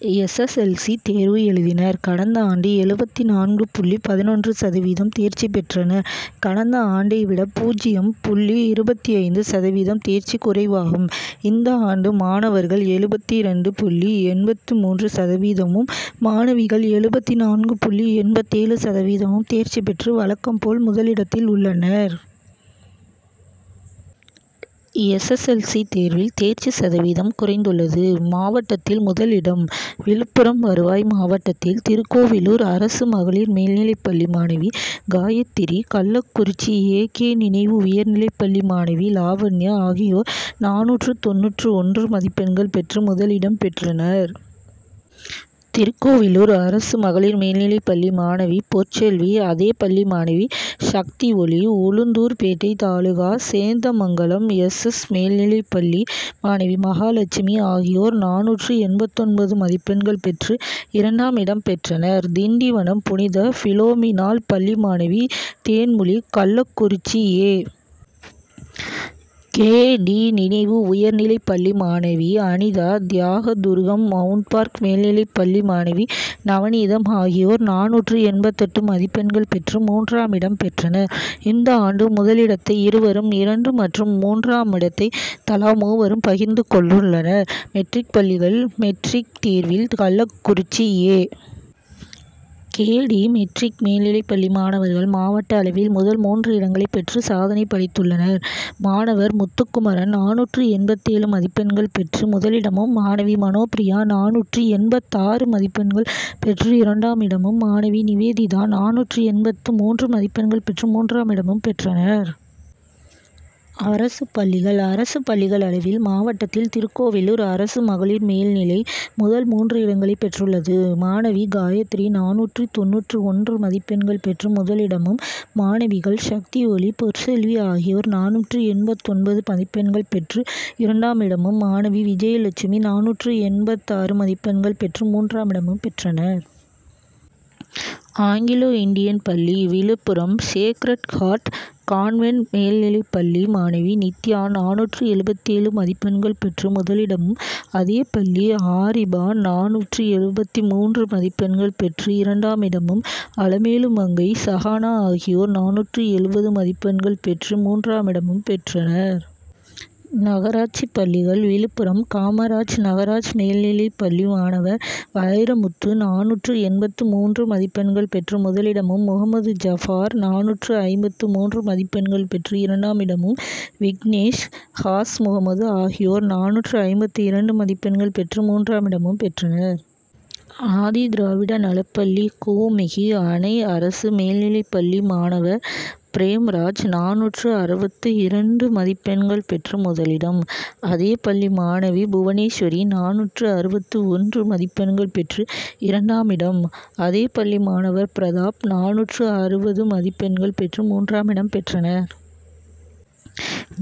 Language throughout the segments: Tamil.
S. L. S. L. C. தேர்வு எழுதினர். கடந்த ஆண்டு எழுபத்து நான்கு புள்ளி பதினொன்று சதவீதம் தேர்ச்சி பெற்றனர். கடந்த ஆண்டை விட பூஜ்ஜியம் புள்ளி இருபத்தைந்து சதவீதம் தேர்ச்சி குறைவாகும். இந்த ஆண்டு மாணவர்கள் எழுபத்திரண்டு புள்ளி எண்பத்து மூன்று சதவீதமும், மாணவிகள் எழுபத்து நான்கு புள்ளி எண்பத்தேழு சதவீதமும் தேர்ச்சி பெற்று வழக்கம் போல் முதலிடத்தில் உள்ளனர். எஸ். எல். சி., தேர்வில் தேர்ச்சி சதவீதம் குறைந்துள்ளது. மாவட்டத்தில் முதலிடம் விழுப்புரம் வருவாய் மாவட்டத்தில் திருக் கோவிலூர் அரசு மகளிர் மேல் நிலைப்பள்ளி மாணவி காயத்திரி, கள்ளக்குறிச்சி ஏ. கே. நினைவு உயர் நிலைப்பள்ளி மாணவி லாவண்யா ஆகியோர் நானூற்று தொண்ணூற்று ஒன்று மதிப்பெண்கள் பெற்று முதலிடம் பெற்றனர். திருக்கோவிலூர் அரசு மகளிர் மேல்நிலைப் பள்ளி மாணவி பொற் செல்வி, அதே பள்ளி மாணவி Sakthioli, Ulundurpet taluka Sendamangalam S. S. மேல் நிலைப் பள்ளி மாணவி மகாலட்சுமி ஆகியோர் நானூற்று எண்பத்தொன்பது மதிப் பெண்கள் பெற்று இரண்டாமிடம் பெற்றனர். திண்டிவனம் புனித பிளோமினாள் பள்ளி மாணவி தேன்மொழி, கள்ளக்குறிச்சி ஏ. கே. டி.,நினைவு உயர்நிலைப் பள்ளி மாணவி அனிதா, தியாகதுருகம் மவுண்ட் பார்க் மேல்நிலைப் பள்ளி மாணவி நவநீதம் ஆகியோர் நானூற்று எண்பத்தெட்டு மதிப்பெண்கள் பெற்று மூன்றாமிடம் பெற்றனர். இந்த ஆண்டு முதலிடத்தை இருவரும், இரண்டு மற்றும் மூன்றாமிடத்தை தலா மூவரும் பகிர்ந்து கொண்டுள்ளனர். மெட்ரிக்பள்ளிகள் மெட்ரிக் தேர்வில் Kallakurichi A. K. D., matric மேல்நிலை பள்ளி மாணவர்கள் மாவட்ட அளவில் முதல் மூன்று இடங்களை பெற்று சாதனை படைத்துள்ளனர். மாணவர் முத்துக்குமரன் நானூற்று எண்பத்தேழு மதிப்பெண்கள் பெற்று முதலிடமும், மாணவி மனோபிரியா நானூற்று எண்பத்தாறு மதிப்பெண்கள் பெற்று இரண்டாமிடமும், மாணவி நிவேதிதா நானூற்று எண்பத்து மூன்று மதிப்பெண்கள் பெற்று மூன்றாமிடமும் பெற்றனர். அரசு பள்ளிகள் அரசு பள்ளிகள் அளவில் மாவட்டத்தில் திருக்கோவிலூர் அரசு மகளிர் மேல் நிலை முதல் மூன்று இடங்களை பெற் றுள்ளது. மாணவி காயத்ரி நானூற்று தொண்ணூற்று ஒன்று மதிப் பெண்கள் பெற்று முதலிடமும், மாணவிகள் சக்திஒளி, பொற் செல்வி ஆகியோர் நானூற்று எண்பத்தொன்பது மதிப்பெண்கள் பெற்று இரண்டாமிடமும், மாணவி விஜயலட்சுமி நானூற்று எண்பத்தாறு மதிப்பெண்கள் பெற்று மூன்றாமிடமும் பெற்றனர். ஆங்கிலோ இந்தியன் பள்ளி Villupuram sacred heart convent மேல் நிலைப் பள்ளி மாணவி நித்யா நானூற்று எழுபத்தேழு மதிப்பெண்கள் பெற்று முதலிடமும், அதே பள்ளி ஆரிபா நானூற்று எழுபத்து மூன்று மதிப்பெண்கள் பெற்று இரண்டாமிடமும், அலமேலுமங்கை, சகானா ஆகியோர் நானூற்று எழுபது மதிப்பெண்கள் பெற்று மூன்றாமிடம் பெற்றனர். நகராட்சி பள்ளிகள் விழுப்புரம் காமராஜ் நகராட்சி மேல் நிலைப்பள்ளி மாணவர் வைரமுத்து நானூற்று எண்பத்து மூன்று மதிப்பெண்கள் பெற்று முதலிடமும், முகமது ஜபார் நானூற்று ஐம்பத்து மூன்று மதிப்பெண்கள் பெற்று இரண்டாமிடமும், விக்னேஷ், ஹாஸ்முகமது ஆகியோர் நானூற்று ஐம்பத்து இரண்டு மதிப்பெண்கள் பெற்று மூன்றாமிடமும் பெற்றனர். ஆதிதிராவிட நலப்பள்ளி கோமுகி அணை அரசு மேல்நிலைப்பள்ளி மாணவர் பிரேம்ராஜ் நானூற்று அறுபத்து இரண்டு மதிப்பெண்கள் பெற்று முதலிடம், அதே பள்ளி மாணவி புவனேஸ்வரி நானூற்று அறுபத்து ஒன்று மதிப்பெண்கள் பெற்று இரண்டாமிடம், அதே பள்ளி மாணவர் பிரதாப் நானூற்று அறுபது மதிப்பெண்கள் பெற்று மூன்றாமிடம் பெற்றனர்.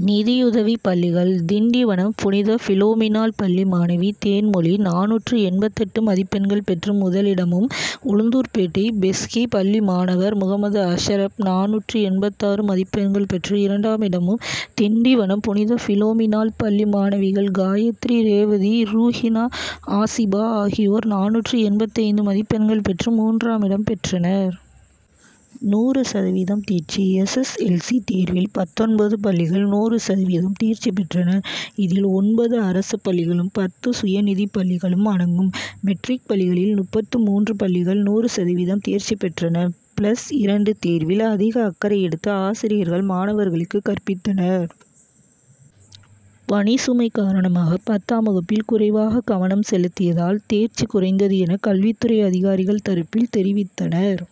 நிதியுதவி பள்ளிகள் திண்டிவனம் புனித பிளோமினாள் பள்ளி மாணவி தேன்மொழி நானூற்று எண்பத்தெட்டு மதிப்பெண்கள் பெற்று முதலிடமும், உளுந்தூர்பேட்டை பெஸ்கி பள்ளி மாணவர் முகமது அஷரப் நானூற்று எண்பத்தாறு மதிப்பெண்கள் பெற்று இரண்டாமிடமும், திண்டிவனம் புனித பிளோமினாள் பள்ளி மாணவிகள் காயத்ரி, ரேவதி, ரூகினா ஆசிபா ஆகியோர் நானூற்று எண்பத்தைந்து மதிப்பெண்கள் பெற்று மூன்றாமிடம் பெற்றனர். நூறு சதவீதம் தேர்ச்சி எஸ். எஸ். எல். சி.,தேர்வில் பத்தொன்பது பள்ளிகள் நூறு சதவீதம் தேர்ச்சி பெற்றன. இதில் ஒன்பது அரசு பள்ளிகளும், பத்து சுய நிதி பள்ளிகள் அடங்கும். மெட்ரிக் பள்ளிகளில் முப்பத்து மூன்று பள்ளிகள் நூறு சதவீதம் தேர்ச்சி பெற்றன. பிளஸ் இரண்டு தேர்வில் அதிக அக்கறை எடுத்து ஆசிரியர்கள் மாணவர்களுக்கு கற்பித்தனர். பணி சுமை காரணமாக பத்தாம் வகுப்பில் குறைவாக கவனம் செலுத்தியதால் தேர்ச்சி குறைந்தது என கல்வித் துறை அதிகாரிகள் தரப்பில் தெரிவித்தனர்.